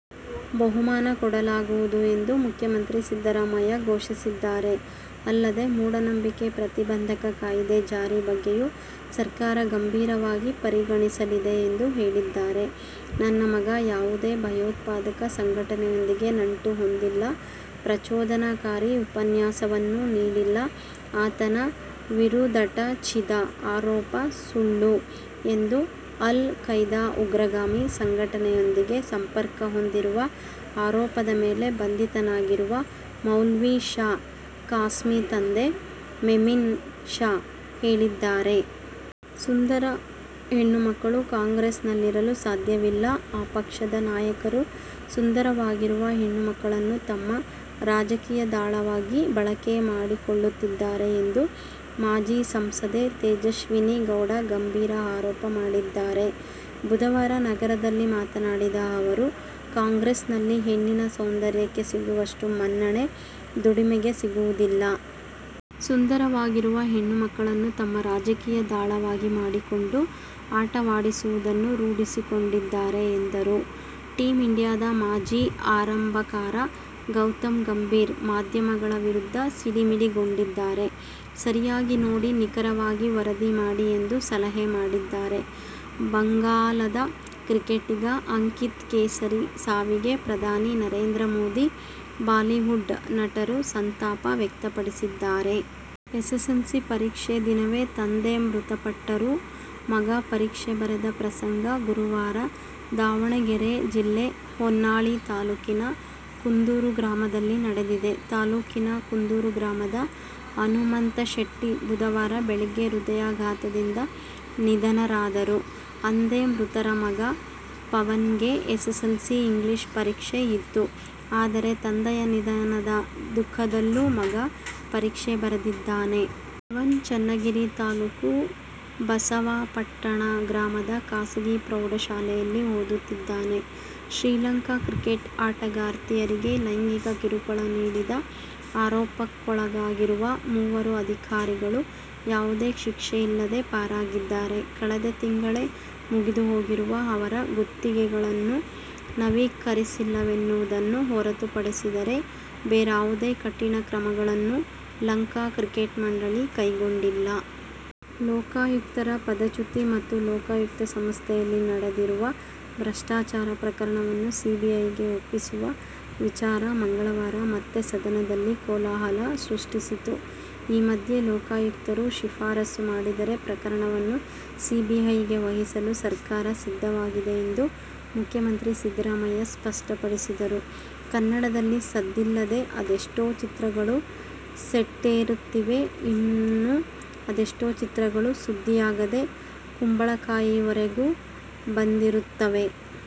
ಬಹುಮಾನ ಕೊಡಲಾಗುವುದು ಎಂದು ಮುಖ್ಯಮಂತ್ರಿ ಸಿದ್ದರಾಮಯ್ಯ ಘೋಷಿಸಿದ್ದಾರೆ. ಅಲ್ಲದೆ ಮೂಢನಂಬಿಕೆ ಪ್ರತಿಬಂಧಕ ಕಾಯ್ದೆ ಜಾರಿ ಬಗ್ಗೆಯೂ ಸರ್ಕಾರ ಗಂಭೀರವಾಗಿ ಪರಿಗಣಿಸಲಿದೆ ಎಂದು ಹೇಳಿದ್ದಾರೆ. ನನ್ನ ಮಗ ಯಾವುದೇ ಭಯೋತ್ಪಾದಕ ಸಂಘಟನೆಯೊಂದಿಗೆ ನಂಟು ಹೊಂದಿಲ್ಲ. ಪ್ರಚೋದನಾಕಾರಿ ಉಪನ್ಯಾಸವನ್ನೂ ನೀಡಿಲ್ಲ. ಆತನ ವಿರುದಟಛಿದ ಆರೋಪ ಸುಳ್ಳು ಎಂದು ಅಲ್ ಖೈದಾ ಉಗ್ರಗಾಮಿ ಸಂಘಟನೆಯೊಂದಿಗೆ ಸಂಪರ್ಕ ಹೊಂದಿರುವ ಆರೋಪದ ಮೇಲೆ ಬಂಧಿತನಾಗಿರುವ ಮೌಲ್ವಿ ಶಾ ಖಾಸ್ಮಿತಂದೆ ಮೆಮಿನ್ ಶಾ ಹೇಳಿದ್ದಾರೆ. ಸುಂದರ ಹೆಣ್ಣು ಮಕ್ಕಳು ಕಾಂಗ್ರೆಸ್ನಲ್ಲಿರಲು ಸಾಧ್ಯವಿಲ್ಲ. ಆ ಪಕ್ಷದ ನಾಯಕರು ಸುಂದರವಾಗಿರುವ ಹೆಣ್ಣು ಮಕ್ಕಳನ್ನು ತಮ್ಮ ರಾಜಕೀಯ ದಾಳವಾಗಿ ಬಳಕೆ ಮಾಡಿಕೊಳ್ಳುತ್ತಿದ್ದಾರೆ ಎಂದು ಮಾಜಿ ಸಂಸದೆ ತೇಜಸ್ವಿನಿ ಗೌಡ ಗಂಭೀರ ಆರೋಪ ಮಾಡಿದ್ದಾರೆ. ಬುಧವಾರ ನಗರದಲ್ಲಿ ಮಾತನಾಡಿದ ಅವರು, ಕಾಂಗ್ರೆಸ್ನಲ್ಲಿ ಹೆಣ್ಣಿನ ಸೌಂದರ್ಯಕ್ಕೆ ಸಿಗುವಷ್ಟು ಮನ್ನಣೆ ದುಡಿಮೆಗೆ ಸಿಗುವುದಿಲ್ಲ. ಸುಂದರವಾಗಿರುವ ಹೆಣ್ಣು ಮಕ್ಕಳನ್ನು ತಮ್ಮ ರಾಜಕೀಯ ದಾಳವಾಗಿ ಮಾಡಿಕೊಂಡು ಆಟವಾಡಿಸುವುದನ್ನು ರೂಢಿಸಿಕೊಂಡಿದ್ದಾರೆ ಎಂದರು. ಟೀಮ್ ಇಂಡಿಯಾದ ಮಾಜಿ ಆರಂಭಕಾರ ಗೌತಮ್ ಗಂಭೀರ್ ಮಾಧ್ಯಮಗಳ ವಿರುದ್ಧ ಸಿಡಿಮಿಡಿಗೊಂಡಿದ್ದಾರೆ. ಸರಿಯಾಗಿ ನೋಡಿ ನಿಖರವಾಗಿ ವರದಿ ಮಾಡಿ ಎಂದು ಸಲಹೆ ಮಾಡಿದ್ದಾರೆ. ಬಂಗಾಲದ ಕ್ರಿಕೆಟಿಗ ಅಂಕಿತ್ ಕೇಸರಿ ಸಾವಿಗೆ ಪ್ರಧಾನಿ ನರೇಂದ್ರ ಮೋದಿ, ಬಾಲಿವುಡ್ ನಟರು ಸಂತಾಪ ವ್ಯಕ್ತಪಡಿಸಿದ್ದಾರೆ. ಎಸ್ಎಸ್ಎಲ್ಸಿ ಪರೀಕ್ಷೆ ದಿನವೇ ತಂದೆ ಮೃತಪಟ್ಟರೂ ಮಗ ಪರೀಕ್ಷೆ ಬರೆದ ಪ್ರಸಂಗ ಗುರುವಾರದಾವಣಗೆರೆ ಜಿಲ್ಲೆ ಹೊನ್ನಾಳಿ ತಾಲೂಕಿನ ಕುಂದೂರು ಗ್ರಾಮದಲ್ಲಿ ನಡೆದಿದೆ. ತಾಲೂಕಿನ ಕುಂದೂರು ಗ್ರಾಮದ ಹನುಮಂತಶೆಟ್ಟಿ ಬುಧವಾರ ಬೆಳಗ್ಗೆ ಹೃದಯಾಘಾತದಿಂದ ನಿಧನರಾದರು. ಅಂದೇ ಮೃತರ ಮಗ ಪವನ್ಗೆ ಎಸ್ಸೆಸ್ಸೆಲ್ಸಿ ಇಂಗ್ಲಿಷ್ ಪರೀಕ್ಷೆ ಇತ್ತು. ಆದರೆ ತಂದೆಯ ನಿಧನದ ದುಃಖದಲ್ಲೂ ಮಗ ಪರೀಕ್ಷೆ ಬರೆದಿದ್ದಾನೆ. ಪವನ್ ಚನ್ನಗಿರಿ ತಾಲೂಕು ಬಸವಾಪಟ್ಟಣ ಗ್ರಾಮದ ಖಾಸಗಿ ಪ್ರೌಢಶಾಲೆಯಲ್ಲಿ ಓದುತ್ತಿದ್ದಾನೆ. ಶ್ರೀಲಂಕಾ ಕ್ರಿಕೆಟ್ ಆಟಗಾರ್ತಿಯರಿಗೆ ಲೈಂಗಿಕ ಕಿರುಕುಳ ನೀಡಿದ ಆರೋಪಕ್ಕೊಳಗಾಗಿರುವ ಮೂವರು ಅಧಿಕಾರಿಗಳು ಯಾವುದೇ ಶಿಕ್ಷೆಯಿಲ್ಲದೇ ಪಾರಾಗಿದ್ದಾರೆ. ಕಳೆದ ತಿಂಗಳೇ ಮುಗಿದುಹೋಗಿರುವ ಅವರ ಗುತ್ತಿಗೆಗಳನ್ನು ನವೀಕರಿಸಿಲ್ಲವೆನ್ನುವುದನ್ನು ಹೊರತುಪಡಿಸಿದರೆ ಬೇರಾವುದೇ ಕಠಿಣ ಕ್ರಮಗಳನ್ನೂ ಲಂಕಾ ಕ್ರಿಕೆಟ್ ಮಂಡಳಿ ಕೈಗೊಂಡಿಲ್ಲ. ಲೋಕಾಯುಕ್ತರ ಪದಚ್ಯುತಿ ಮತ್ತು ಲೋಕಾಯುಕ್ತ ಸಂಸ್ಥೆಯಲ್ಲಿ ನಡೆದಿರುವ ಭ್ರಷ್ಟಾಚಾರ ಪ್ರಕರಣವನ್ನು ಸಿಬಿಐಗೆ ಒಪ್ಪಿಸುವ ವಿಚಾರ ಮಂಗಳವಾರ ಮತ್ತೆ ಸದನದಲ್ಲಿ ಕೋಲಾಹಲ ಸೃಷ್ಟಿಸಿತು. ಈ ಮಧ್ಯೆ ಲೋಕಾಯುಕ್ತರು ಶಿಫಾರಸು ಮಾಡಿದರೆ ಪ್ರಕರಣವನ್ನು ಸಿಬಿಐಗೆ ವಹಿಸಲು ಸರ್ಕಾರ ಸಿದ್ಧವಾಗಿದೆ ಎಂದು ಮುಖ್ಯಮಂತ್ರಿ ಸಿದ್ದರಾಮಯ್ಯ ಸಷ್ಟಪಡಿಸಿದರು. ಕನ್ನಡದಲ್ಲಿ ಸದ್ದಿಲ್ಲದೆ ಅದೆಷ್ಟೋ ಚಿತ್ರಗಳು ಸೆಟ್ಟೇರುತ್ತಿವೆ. ಇನ್ನು ಅದೆಷ್ಟೋ ಚಿತ್ರಗಳು ಸುದ್ದಿಯಾಗದೇ ಕುಂಬಳಕಾಯಿವರೆಗೂ ಬಂದಿರುತ್ತವೆ.